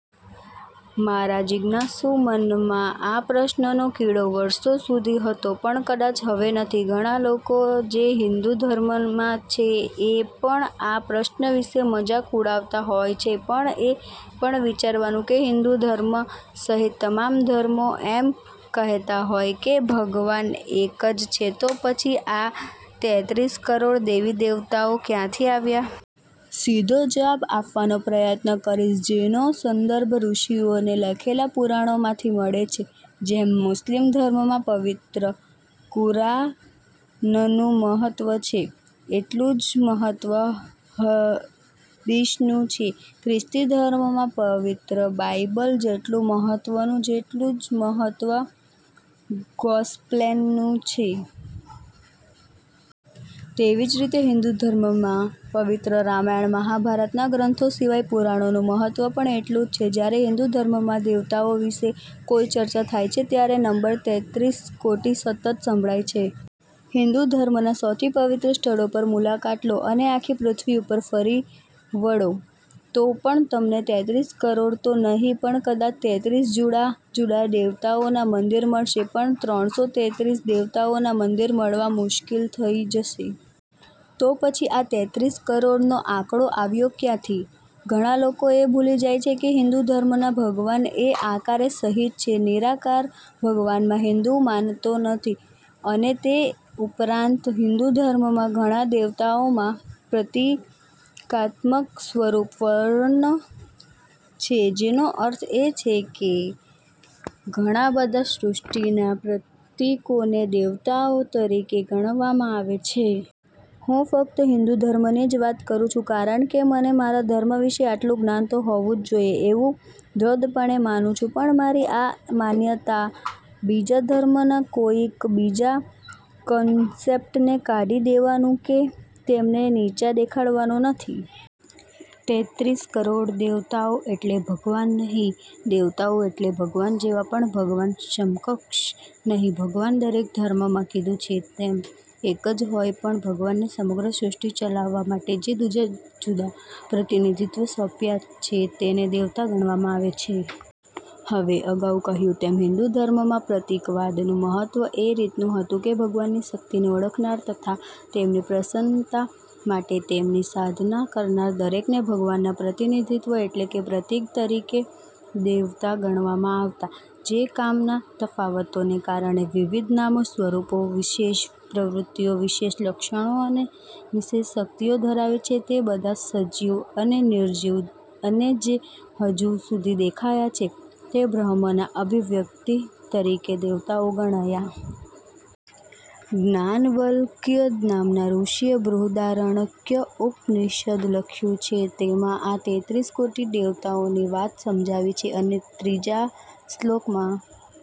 મારાં જિજ્ઞાસુ મનમાં આ પ્રશ્નનો કીડો વર્ષો સુધી હતો પણ કદાચ હવે નથી. ઘણાં લોકો જે હિંદુ ધર્મનમાં છે એ પણ આ પ્રશ્ન વિશે મજાક ઉડાવતા હોય છે પણ એ પણ વિચારવાનું કે હિન્દુ ધર્મ સહિત તમામ ધર્મો એમ કહેતા હોય કે ભગવાન એક છે તો પછી આ તેત્રીસ કરોડ દેવી દેવતાઓ ક્યાંથી આવ્યા? સીધો જવાબ આપવાનો પ્રયત્ન કરીશ જેનો સંદર્ભ ઋષિઓએ લખેલાં પુરાણોમાંથી મળે છે. જેમ મુસ્લિમ ધર્મમાં પવિત્ર કુરાનનું મહત્ત્વ છે એટલું જ મહત્ત્વ હદીસ નું છે, ખ્રિસ્તી ધર્મમાં પવિત્ર બાઇબલ જેટલું મહત્વનું, તેટલું જ મહત્વ ગોસ્પેલનું છે. તેવી જ રીતે હિન્દુ ધર્મમાં પવિત્ર રામાયણ મહાભારત ના ગ્રંથો સિવાય પુરાણોનું મહત્વ પણ એટલું જ છે. જ્યારે હિંદુ ધર્મમાં દેવતાઓ વિશે કોઈ ચર્ચા થાય છે ત્યારે નબર તેત્રીસ કોટી સતત સંભળાય છે. હિન્દુ ધર્મના સૌથી પવિત્ર સ્થળો પર મુલાકાત લો અને આખી પૃથ્વી ઉપર ફરી વળો તો પણ તમને તેત્રીસ કરોડ તો નહીં પણ કદાચ તેત્રીસ જુદા જુદા દેવતાઓના મંદિર મળશે પણ ત્રણસો તેત્રીસ દેવતાઓ ના મંદિર મળવા મુશ્કેલ થઈ જશે. તો પછી આ તેત્રીસ કરોડ નો આંકડો આવ્યો ક્યાંથી? ઘણા લોકો એ ભૂલી જાય છે કે હિન્દુ ધર્મમાં ભગવાન એ આકારે સહિત છે નિરાકાર ભગવાનમાં હિન્દુ માનતો નથી અને તે ઉપરાંત હિન્દુ ધર્મમાં ઘણા દેવતાઓમાં પ્રતિકાત્મક સ્વરૂપ વર્ણ છે જેનો અર્થ એ કે ઘણા બધા સૃષ્ટિના પ્રતિકોને દેવતાઓ તરીકે ગણવામાં આવે છે. હું ફકત હિંદુ ધર્મની જ વાત કરું છું, કારણ કે મને મારા ધર્મ વિશે આટલું જ્ઞાન તો હોવું જોઈએ એવું દ્રઢપણે માનું છું. પણ મારી આ માન્યતા બીજા ધર્મના કોઈક બીજા કન્સેપ્ટને ઢાંકી દેવાનું કે તેમને નીચા દેખાડવાનો નથી. તેત્રીસ કરોડ દેવતાઓ એટલે ભગવાન નહી. દેવતાઓ એટલે ભગવાન જેવા, પણ ભગવાન સમકક્ષ નહી. ભગવાન દરેક ધર્મમાં કીધું છે તેમ એક જ હોય પણ ભગવાને સમગ્ર સૃષ્ટિ ચલાવવા માટે જે દુજા જુદા પ્રતિનિધિત્વ સોંપ્યા છે તેને દેવતા ગણવામાં આવે છે. હવે અગાઉ કહ્યું તેમ હિંદુ ધર્મમાં પ્રતીકવાદનું મહત્ત્વ એ રીતનું હતું કે ભગવાનની શક્તિને ઓળખનાર તથા તેમની પ્રસન્નતા માટે તેમની સાધના કરનાર દરેકને ભગવાનના પ્રતિનિધિત્વ એટલે કે પ્રતિક તરીકે દેવતા ગણવામાં આવતા. જે કામનાં તફાવતોને કારણે વિવિધ નામો, સ્વરૂપો, વિશેષ પ્રવૃત્તિઓ, વિશેષ લક્ષણો અને વિશેષ શક્તિઓ ધરાવે છે તે બધા સજીવ અને નિર્જીવ અને જે હજુ સુધી દેખાયા છે, તે બ્રહ્મના અભિવ્યક્તિ તરીકે દેવતાઓ ગણાયા. યાજ્ઞવલ્ક્ય નામનાં ઋષિએ બૃહદારણ્યક ઉપનિષદ લખ્યું છે તેમાં આ તેત્રીસ કોટી દેવતાઓની વાત સમજાવી છે અને ત્રીજા શ્લોકમાં